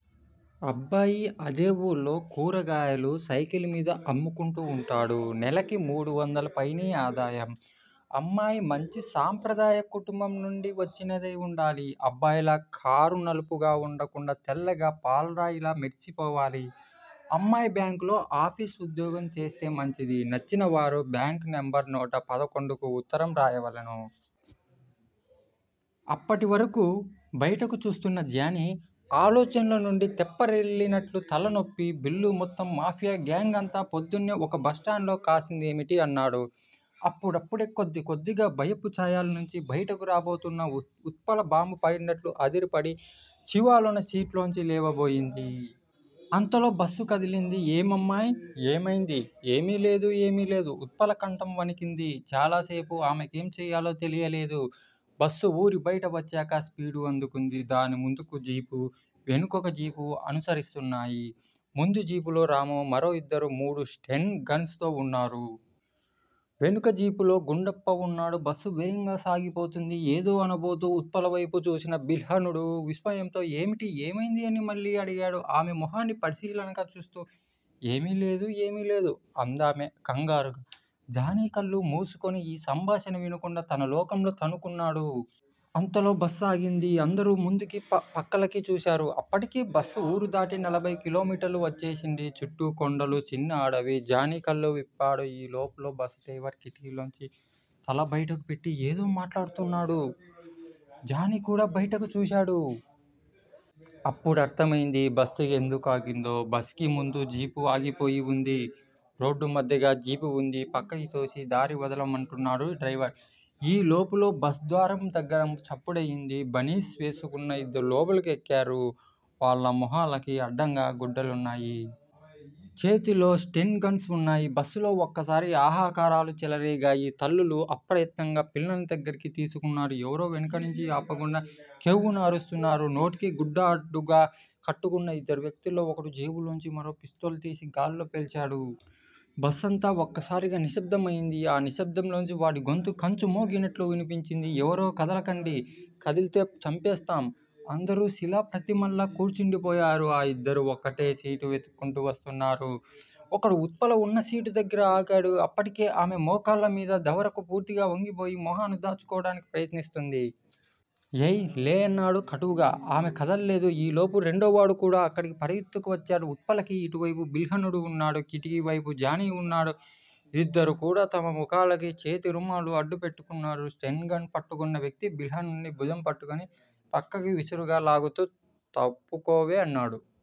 అబ్బాయి అదే ఊళ్లో కూరగాయలు సైకిల్ మీద అమ్ముకుంటూ ఉంటాడు. నెలకి మూడొందలు పైనే ఆదాయం. అమ్మాయి మంచి సాంప్రదాయకుటుంబం నుండి వచ్చినదై ఉండాలి. అబ్బాయిలా కారునలుపుగా ఉండకుండా తెల్లగా పాల్రాయిలా మెర్సిపోవాలి! అమ్మాయి బ్యాంకులో ఆఫీస్ ఉద్యోగం చేస్తే మంచిది. నచ్చినవారు బ్యాంక్నెంబరు నూట పదకొండుకి ఉత్తరం రాయవలెను. అప్పటి వరకూ బయటకు చూస్తున్న జానీ, ఆలోచన్ల నుంచి తెప్పరిల్లినట్లు తలనొప్పి, బిల్లూ మొత్తం మాఫియా గాంగ్ అంతా పోద్దున్నే ఈ బస్ స్టాండ్ లో కాసిందేమిటి? అన్నాడు. అప్పుడప్పుడే కొద్దికొద్దిగా భయపు ఛాయల్నుంచి, బయటకు రాబోతూన్న ఉత్పల, బాంబు పడినట్టు అదిరిపడి చివాలున సీట్లోంచి లేవబోయింది. అంతలో బస్సు కదిలింది. ఏం అమ్మాయ్? ఏమైంది ఏం లేదు ఏంలేదు ఉత్పల కంఠం వణికింది. చాలాసేపు ఆమెకేం చెయ్యాలో తెలియలేదు. బస్సు ఊరిబయటకు వచ్చాక స్పీడు అందుకుంది. దాని ముందుకు జీపు, వెనుకొక జీపు అనుసరిస్తున్నాయి. ముందు జీపులో రాము, మరో ఇద్దరు మూడు స్టెన్ గన్స్ తో వున్నారు. వెనుక జీపులో గుండప్ప వున్నాడు. బస్సు వేగంగా సాగిపోతుంది. ఏదో అనబోతూ ఉత్పలవైపు చూసిన బిల్హణుడు విస్మయంతో ఏమిటి ఏమైంది అని మళ్ళీ అడిగాడు ఆమె మొహాన్ని పరిశీలనగా చూస్తూ. ఏమి లేదు, ఏమి లేదు అందామె కంగారుగా. జానీ కళ్ళు మూసుకుని ఈ సంభాషణ వినకుండా తన లోకంలో తనుకున్నాడు. అంతలో బస్ ఆగింది. అందరూ ముందుకీ పక్కలకీ చూశారు. అప్పటికే బస్సు వూరుదాటి నలభై కిలోమీటర్లు వచ్చేసింది. చుట్టూ కొండలు- చిన్న అడవి. జానీ కళ్ళు విప్పాడు. ఈ లోపులో బస్ డ్రైవరు కిటికీలోంచి తల బయటకు పెట్టి ఏదో మాట్లాడుతున్నాడు. జానీ కూడా బయటకు చూశాడు. అప్పుడర్ధమైంది. బస్ ఎందుకు ఆగిందో! బస్ కి ముందు జీపు ఆగిపోయి వుంది. రోడ్డు మధ్యగా జీపు వుంది పక్కకి తోసి దారి వదల' మంటున్నాడు డ్రైవర్. ఈ లోపులో బస్ ద్వారం దగ్గర చప్పుడయింది. బనీస్ వేసుకున్న ఇద్దరు లోపలికి ఎక్కారు. వాళ్ళ మొహాలకి అడ్డంగా గుడ్డలున్నాయి. చేతిలో స్టెన్ గన్స్ వున్నాయి. బస్ లో ఒక్కసారి హాహాకారాలు చెలరేగాయి. తల్లులు అప్రయత్నంగా పిల్లల్ని దగ్గరికి తీసుకున్నారు. ఎవరో వెనుక నుంచి ఆపకుండా కెవ్వున అరుస్తున్నారు. నోటికి గుడ్డ అడ్డుగా కట్టుకున్న ఇద్దరు వ్యక్తుల్లో ఒకడు జేబులోంచి మరో పిస్తోలు తీసి గాలిలో పేల్చాడు. బస్ అంతా ఒక్కసారిగా నిశ్శబ్దమయింది. ఆ నిశ్శబ్దంలోంచి వాడి గొంతు కంచు మోగినట్లు వినిపించింది. ఎవరూ కదలకండి. కదిల్తే చంపేస్తాం. అందరూ శిలా ప్రతిమల్లా కూర్చుండిపోయారు. ఆ ఇద్దరూ ఒక్కటే సీటే వెతుక్కుంటూ వస్తున్నారు. ఒకడు ఉత్పల వున్న సీటు దగ్గర ఆగాడు. అప్పటికే ఆమె మోకాళ్ళమీదదవరకు పూర్తిగా వంగిపోయి మొహాన్ని దాచుకోవడానికి ప్రయత్నిస్తూంది. ఏయ్ లే అన్నాడు కటువుగా. ఆమె కదల్లేదు. ఈ లోపు రెండోవాడు కూడా అక్కడికి పరుగెత్తుకు వచ్చాడు. ఉత్పలకి ఇటువైపు బిల్హణుడు వున్నాడు. కిటికీ వైపు జానీ వున్నాడు. ఇద్దరూ కూడా తమ ముఖాలకి చేతిరుమాలు అడ్డు పెట్టుకున్నారు. స్టెన్ గన్ పట్టుకున్న వ్యక్తి బిల్హణుడి భుజం పట్టుకుని పక్కకి విసురుగా లాగుతూ తప్పుకోవే అన్నాడు.